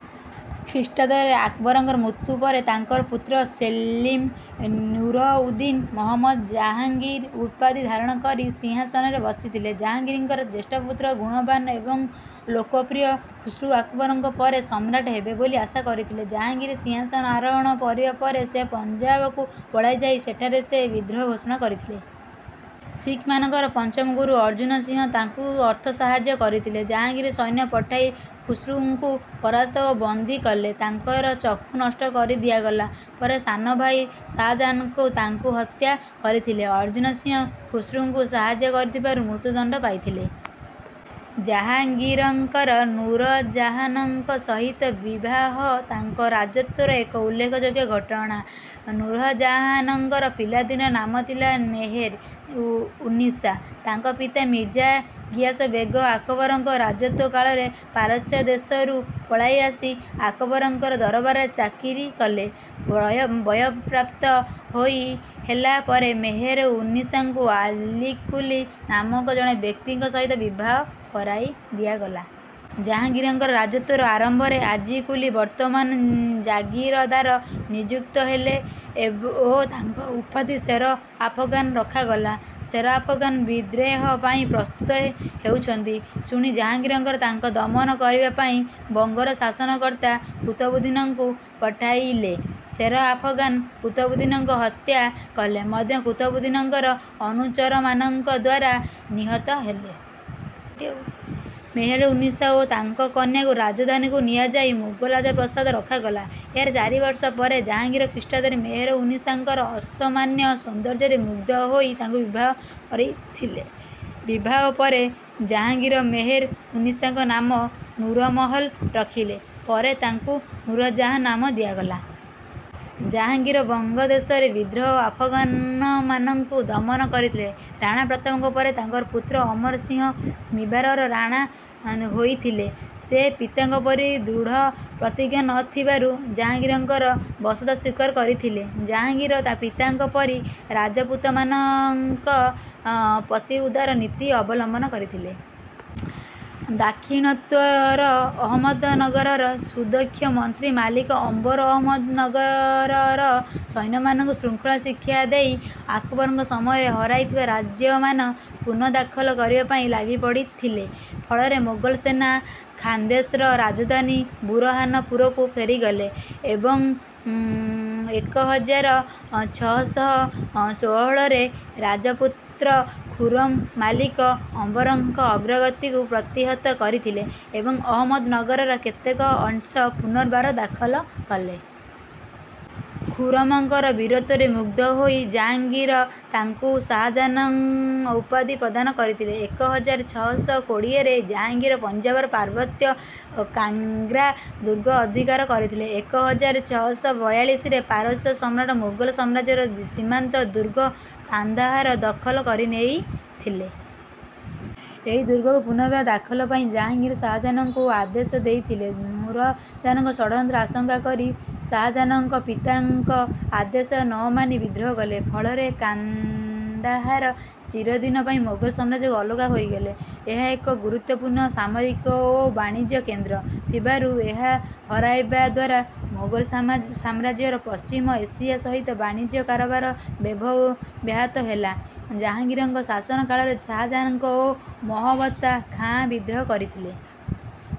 ଖ୍ରୀଷ୍ଟାବ୍ଦରେ ଆକବରଙ୍କର ମୃତ୍ୟୁ ପରେ ତାଙ୍କର ପୁତ୍ର ସେଲିମ ନୁରଉଦ୍ଦିନ ମହମ୍ମଦ ଜାହାଙ୍ଗୀର ଉପାଧି ଧାରଣ କରି ସିଂହାସନରେ ବସିଥିଲେ। ଜାହାଙ୍ଗୀରଙ୍କର ଜ୍ୟେଷ୍ଠ ପୁତ୍ର ଗୁଣବାନ ଏବଂ ଲୋକପ୍ରିୟ ଖୁସ୍ରୁ ଆକବରଙ୍କ ପରେ ସମ୍ରାଟ ହେବେ ବୋଲି ଆଶା କରିଥିଲେ। ଜାହାଙ୍ଗୀର ସିଂହାସନ ଆରୋହଣ କରିବା ପରେ ସେ ପଞ୍ଜାବକୁ ପଳାଇ ଯାଇ ସେଠାରେ ସେ ବିଦ୍ରୋହ ଘୋଷଣା କରିଥିଲେ। ଶିଖମାନଙ୍କର ପଞ୍ଚମ ଗୁରୁ ଅର୍ଜୁନ ସିଂହ ତାଙ୍କୁ ଅର୍ଥ ସାହାଯ୍ୟ କରିଥିଲେ। ଜାହାଙ୍ଗୀର ସୈନ୍ୟ ପଠାଇ ଖୁସ୍ରୁଙ୍କୁ ପରାସ୍ତ ଓ ବନ୍ଦୀ କଲେ। ତାଙ୍କର ଚକ୍ଷୁ ନଷ୍ଟ କରି ଦିଆଗଲା। ପରେ ସାନଭାଇ ଶାହାଜାହାନ ତାଙ୍କୁ ହତ୍ୟା କରିଥିଲେ। ଅର୍ଜୁନ ସିଂହ ଖୁସ୍ରୁଙ୍କୁ ସାହାଯ୍ୟ କରିଥିବାରୁ ମୃତ୍ୟୁଦଣ୍ଡ ପାଇଥିଲେ। ଜାହାଙ୍ଗୀରଙ୍କର ନୂରଜାହାନଙ୍କ ସହିତ ବିବାହ ତାଙ୍କ ରାଜତ୍ୱର ଏକ ଉଲ୍ଲେଖଯୋଗ୍ୟ ଘଟଣା। ନୂରଜାହାନଙ୍କର ପିଲାଦିନର ନାମ ଥିଲା ମେହେର-ଉନ୍ନିସା। ତାଙ୍କ ପିତା ମିର୍ଜା ଗିୟାସ ବେଗ ଆକବରଙ୍କ ରାଜତ୍ୱ କାଳରେ ପାରସ୍ୟ ଦେଶରୁ ପଳାଇ ଆସି ଆକବରଙ୍କ ଦରବାରରେ ଚାକିରି କଲେ। ବୟଃପ୍ରାପ୍ତ ହେଲା ପରେ ମେହେର-ଉନ୍ନିସାଙ୍କୁ ଆଲିକୁଲି ନାମକ ଜଣେ ବ୍ୟକ୍ତିଙ୍କ ସହିତ ବିବାହ କରାଇ ଦିଆଗଲା। ଜାହାଙ୍ଗୀରଙ୍କ ରାଜତ୍ୱର ଆରମ୍ଭରେ ଆଜିକୁଲି ବର୍ଦ୍ଧମାନର ଜାଗିରଦାର ନିଯୁକ୍ତ ହେଲେ ଓ ତାଙ୍କର ଉପାଧି ଶେର ଆଫଗାନ ରଖାଗଲା। ଶେର ଆଫଗାନ ବିଦ୍ରୋହ ପାଇଁ ପ୍ରସ୍ତୁତ ହେଉଛନ୍ତି ଶୁଣି ଜାହାଙ୍ଗୀର ତାଙ୍କୁ ଦମନ କରିବା ପାଇଁ ବଙ୍ଗର ଶାସନକର୍ତ୍ତା କୁତବୁଦ୍ଦିନଙ୍କୁ ପଠାଇଲେ। ଶେର ଆଫଗାନ କୁତବୁଦ୍ଦିନଙ୍କୁ ହତ୍ୟା କଲେ ମଧ୍ୟ କୁତବୁଦ୍ଦିନଙ୍କର ଅନୁଚରମାନଙ୍କ ଦ୍ୱାରା ନିହତ ହେଲେ। ମେହେର-ଉନ୍ନିସା ଓ ତାଙ୍କ କନ୍ୟାଙ୍କୁ ରାଜଧାନୀକୁ ନିଆଯାଇ ମୋଗଲ ରାଜପ୍ରାସାଦରେ ରଖାଗଲା। ଏହାର ଚାରି ବର୍ଷ ପରେ ଜାହାଙ୍ଗୀର ଖ୍ରୀଷ୍ଟାବ୍ଦରେ ମେହେର-ଉନ୍ନିସାଙ୍କର ଅସାମାନ୍ୟ ସୌନ୍ଦର୍ଯ୍ୟରେ ମୁଗ୍ଧ ହୋଇ ତାଙ୍କୁ ବିବାହ କରିଥିଲେ। ବିବାହ ପରେ ଜାହାଙ୍ଗୀର ମେହେର-ଉନ୍ନିସାଙ୍କ ନାମ ନୁରମହଲ ରଖିଲେ। ପରେ ତାଙ୍କୁ ନୂରଜାହାନ ନାମ ଦିଆଗଲା। ଜାହାଙ୍ଗୀର ବଙ୍ଗଦେଶର ବିଦ୍ରୋହୀ ଆଫଗାନମାନଙ୍କୁ ଦମନ କରିଥିଲେ। ରାଣା ପ୍ରତାପଙ୍କ ପରେ ତାଙ୍କର ପୁତ୍ର ଅମର ସିଂହ ମିବାରର ରାଣା ହୋଇଥିଲେ। ସେ ପିତାଙ୍କ ପରି ଦୃଢ଼ପ୍ରତିଜ୍ଞ ନ ଥିବାରୁ ଜାହାଙ୍ଗୀରଙ୍କର ବଶତା ସ୍ୱୀକାର କରିଥିଲେ। ଜାହାଙ୍ଗୀର ପିତାଙ୍କ ପରି ରାଜପୁତମାନଙ୍କ ପ୍ରତି ଉଦାର ନୀତି ଅବଲମ୍ବନ କରିଥିଲେ। ଦାକ୍ଷିଣାତ୍ୟରେ ଆହମ୍ମଦନଗରର ସୁଦକ୍ଷ ମନ୍ତ୍ରୀ ମାଲିକ ଅମ୍ବର ଆହମ୍ମଦନଗରର ସୈନ୍ୟମାନଙ୍କୁ ଶୃଙ୍ଖଳା ଶିକ୍ଷା ଦେଇ ଆକବରଙ୍କ ସମୟରେ ହରାଇଥିବା ରାଜ୍ୟମାନ ପୁନଃଦଖଲ କରିବା ପାଇଁ ଲାଗିପଡ଼ିଥିଲେ। ଫଳରେ ମୋଗଲ ସେନା ଖାନ୍ଦେଶର ରାଜଧାନୀ ବୁରହାନପୁରକୁ ଫେରିଗଲେ। ଏକ ହଜାର ଛଅ ଶହ ଷୋହଳରେ ରାଜପୁତ୍ର ଖୁରମ ମାଲିକ ଅମ୍ବରଙ୍କର ଅଗ୍ରଗତିକୁ ପ୍ରତିହତ କରିଥିଲେ ଏବଂ ଆହମ୍ମଦନଗରର କେତେକ ଅଂଶ ପୁନର୍ବାର ଦଖଲ କଲେ। ଖୁରମଙ୍କର ବୀରତ୍ୱରେ ମୁଗ୍ଧ ହୋଇ ଜାହାଙ୍ଗୀର ତାଙ୍କୁ ଶାହାଜାହାନ ଉପାଧି ପ୍ରଦାନ କରିଥିଲେ। ଏକ ହଜାର ଛଅ ଶହ କୋଡ଼ିଏରେ ଜାହାଙ୍ଗୀର ପଞ୍ଜାବର ପାର୍ବତ୍ୟ କାଙ୍ଗ୍ରା ଦୁର୍ଗ ଅଧିକାର କରିଥିଲେ। ଏକ ହଜାର ଛଅ ଶହ ବାୟାଳିଶରେ ପାରସ୍ୟ ସମ୍ରାଟ ମୋଗଲ ସାମ୍ରାଜ୍ୟର ସୀମାନ୍ତ ଦୁର୍ଗ କାନ୍ଦାହାର ଦଖଲ କରିନେଇଥିଲେ। ଏହି ଦୁର୍ଗକୁ ପୁନର୍ବାର ଦଖଲ ପାଇଁ ଜାହାଙ୍ଗୀର ଶାହାଜାହାନଙ୍କୁ ଆଦେଶ ଦେଇଥିଲେ। ନୂରଜାହାନଙ୍କ ଷଡ଼ଯନ୍ତ୍ର ଆଶଙ୍କା କରି ଶାହାଜାହାନ ପିତାଙ୍କ ଆଦେଶ ନ ମାନି ବିଦ୍ରୋହ କଲେ। ଫଳରେ କାନ୍ଦାହାର ଚିରଦିନ ପାଇଁ ମୋଗଲ ସାମ୍ରାଜ୍ୟରୁ ଅଲଗା ହୋଇଗଲା। ଏହା ଏକ ଗୁରୁତ୍ୱପୂର୍ଣ୍ଣ ସାମରିକ ଓ ବାଣିଜ୍ୟ କେନ୍ଦ୍ର ଥିବାରୁ ଏହା ହରାଇବା ଦ୍ୱାରା ମୋଗଲ ସାମ୍ରାଜ୍ୟର ପଶ୍ଚିମ ଏସିଆ ସହିତ ବାଣିଜ୍ୟ କାରବାର ବ୍ୟାହତ ହେଲା। ଜାହାଙ୍ଗୀରଙ୍କ ଶାସନ କାଳରେ ଶାହାଜାହାନ ଓ ମହବତ ଖାଁ ବିଦ୍ରୋହ କରିଥିଲେ।